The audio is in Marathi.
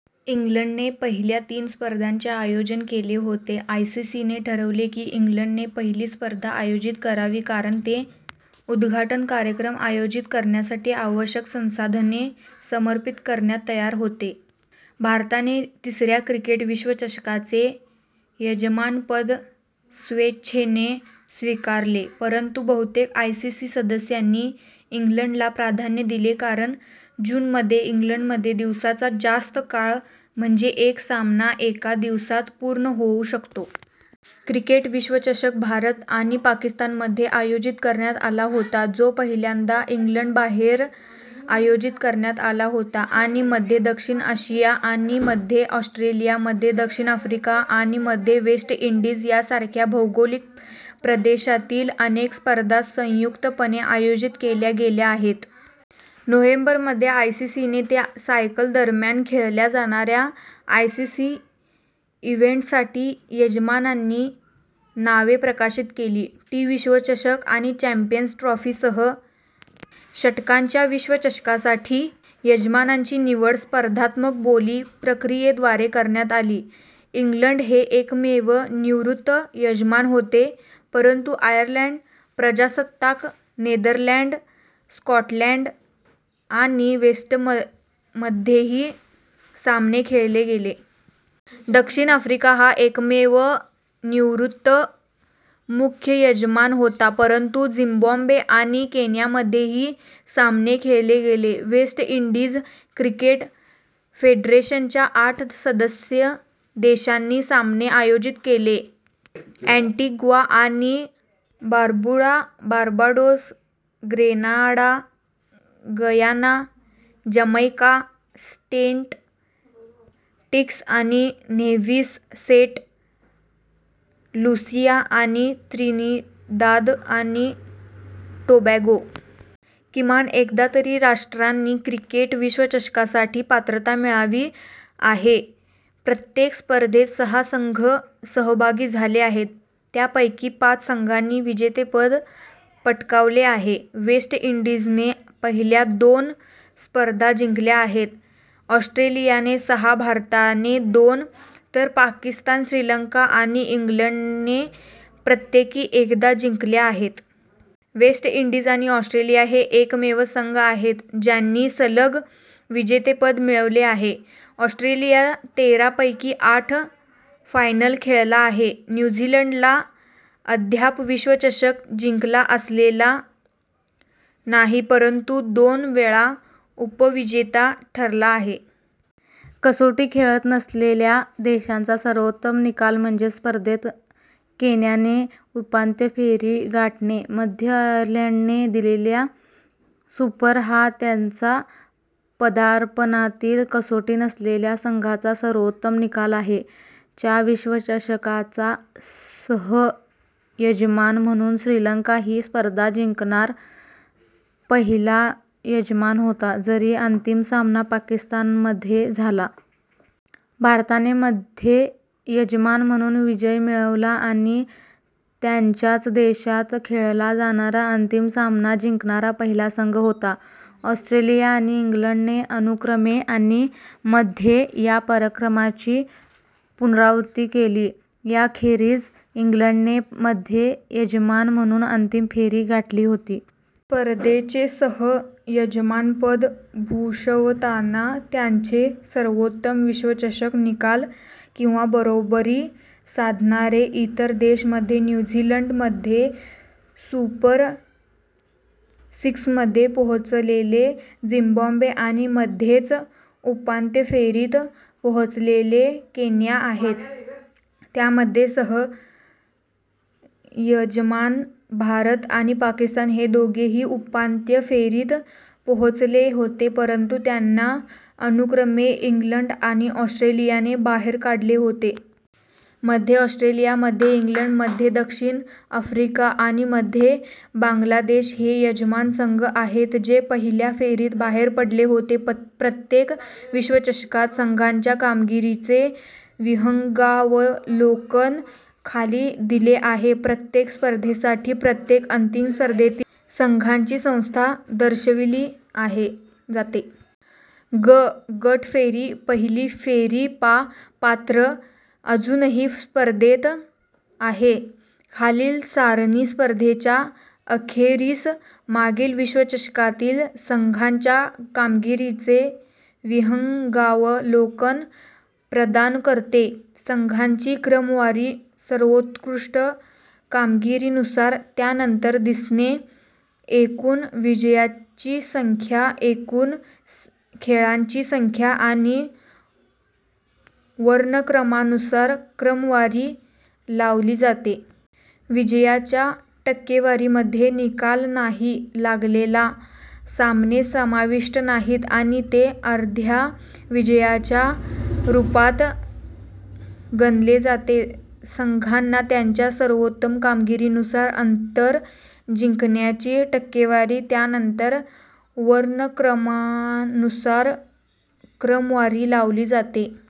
इंग्लंडने पहिल्या तीन स्पर्धांचे आयोजन केले होते. आयसीसीने ठरवले की इंग्लंडने पहिली स्पर्धा आयोजित करावी कारण ते उद्घाटन कार्यक्रम आयोजित करण्यासाठी आवश्यक संसाधने समर्पित करण्यास तयार होते. भारताने तिसऱ्या क्रिकेट विश्वचषकाचे यजमानपद स्वेच्छेने स्वीकारले, परंतु बहुतेक आयसीसी सदस्यांनी इंग्लंडला प्राधान्य दिले कारण जूनमध्ये इंग्लंडमध्ये दिवसाचा जास्त काळ म्हणजे एक सामना एका दिवसात पूर्ण होऊ शकतो. क्रिकेट विश्वचषक भारत आणि पाकिस्तानमध्ये आयोजित करण्यात आला होता, जो पहिल्यांदा इंग्लंडबाहेर आयोजित करण्यात आला होता., आणि मध्ये दक्षिण आशिया, आणि मध्ये ऑस्ट्रेलिया, मध्ये दक्षिण आफ्रिका आणि मध्ये वेस्ट इंडीज यासारख्या भौगोलिक प्रदेशातील अनेक स्पर्धा संयुक्तपणे आयोजित केल्या गेल्या आहेत. नोव्हेंबर मध्ये, आयसीसी ने ते सायकल दरम्यान खेळल्या जाणाऱ्या आयसीसी इव्हेंटसाठी यजमानांची नावे प्रकाशित केली. टी- विश्वचषक आणि चॅम्पियन्स ट्रॉफीसह षटकांच्या विश्वचषकासाठी यजमानांची निवड स्पर्धात्मक बोली प्रक्रियेद्वारे करण्यात आली. ^ इंग्लंड हे एकमेव नियुक्त यजमान होते, परंतु आयर्लंड प्रजासत्ताक, नेदरलँड्स, स्कॉटलंड आणि वेल्समध्येही सामने खेळले गेले. ^ दक्षिण आफ्रिका हा एकमेव नियुक्त मुख्य यजमान होता, परंतु झिम्बाब्वे आणि केन्यामध्येही सामने खेळले गेले. ^ वेस्ट इंडीझ क्रिकेट फेडरेशनच्या आठ सदस्य देशांनी सामने आयोजित केले अँटिग्वा आणि Barbuda, Barbados, Grenada, Guyana, Jamaica, Saint Kitts आणि नेव्हिस, सेंट लुसिया आणि त्रिनिदाद आणि टोबॅगो. किमान एकदा तरी राष्ट्रांनी क्रिकेट विश्वचषकासाठी पात्रता मिळवली आहे. प्रत्येक स्पर्धेत सहा संघ सहभागी झाले आहेत, त्यापैकी पाच संघांनी विजेतेपद पटकावले आहे. वेस्ट इंडीजने पहिल्या दोन स्पर्धा जिंकल्या आहेत, ऑस्ट्रेलियाने सहा, भारताने दोन, तर पाकिस्तान, श्रीलंका आणि इंग्लंडने प्रत्येकी एकदा जिंकल्या आहेत. वेस्ट इंडीज आणि ऑस्ट्रेलिया हे एकमेव संघ आहेत ज्यांनी सलग विजेतेपद मिळवले आहेत. ऑस्ट्रेलिया तेरा पैकी आठ फायनल खेळला आहे. न्यू झीलंडला अद्याप विश्वचषक जिंकता आलेला नाही, परंतु दोन वेळा उपविजेता ठरला आहे. कसोटी खेळत नसलेल्या देशाचा सर्वोत्तम निकाल म्हणजे स्पर्धेत केन्याने उपांत्य फेरी गाठणे; मध्ये आयर्लंडने दिलेला सुपर हा त्यांच्या पदार्पणातील कसोटी नसलेल्या संघाचा सर्वोत्तम निकाल आहे. च्या विश्वचषकाचा सह-यजमान म्हणून श्रीलंका ही स्पर्धा जिंकणारा पहिला यजमान होता, जरी अंतिम सामना पाकिस्तानमध्ये झाला. भारताने मध्ये यजमान म्हणून विजय मिळवला आणि त्यांच्याच देशात खेळला जाणारा अंतिम सामना जिंकणारा पहिला संघ होता. ऑस्ट्रेलिया आणि इंग्लंडने अनुक्रमे आणि मध्ये या पराक्रमाची पुनरावृत्ती केली. याखेरीज इंग्लंडने मध्ये यजमान म्हणून अंतिम फेरी गाठली होती. स्पर्धेचे सह-यजमानपद भूषवताना त्यांचे सर्वोत्तम विश्वचषक निकाल किंवा बरोबरी साधणारे इतर देश मध्ये न्यू झीलंड, मध्ये सुपर सिक्समध्ये पोहोचलेले झिम्बाब्वे आणि मध्येच उपांत्य फेरीत पोहोचलेले केन्या आहेत. मध्ये सह-यजमान भारत आणि पाकिस्तान हे दोघेही उपांत्य फेरीत पोहोचले होते, परंतु त्यांना अनुक्रमे इंग्लंड आणि ऑस्ट्रेलियाने बाहेर काढले होते. मध्ये ऑस्ट्रेलिया, मध्ये इंग्लंड, मध्ये दक्षिण आफ्रिका आणि मध्ये बांगलादेश हे यजमान संघ आहेत जे पहिल्या फेरीत बाहेर पडले होते. प्रत्येक विश्वचषकात संघांच्या कामगिरीचे विहंगावलोकन खाली दिले आहे. प्रत्येक स्पर्धेसाठी, प्रत्येक अंतिम स्पर्धेतील संघांची संख्या दर्शविली जाते. ग – गट फेरी / पहिली फेरी पा – पात्र, अजूनही स्पर्धेत आहे खालील सारणी स्पर्धेच्या अखेरीस मागील विश्वचषकातील संघांच्या कामगिरीचे विहंगावलोकन प्रदान करते. संघांची क्रमवारी सर्वोत्कृष्ट कामगिरीनुसार, त्यानंतर दिसणे, एकूण विजयांची संख्या, एकूण खेळांची संख्या आणि वर्णक्रमानुसार क्रमवारी लावली जाते. विजयाच्या टक्केवारीमध्ये निकाल नाही लागल्याला सामने समाविष्ट नाहीत आणि ते अर्ध्या विजयाच्या रूपात गणले जाते. संघांना त्यांच्या सर्वोत्तम कामगिरीनुसार, नंतर जिंकण्याची टक्केवारी, त्यानंतर वर्णक्रमानुसार क्रमवारी लावली जाते.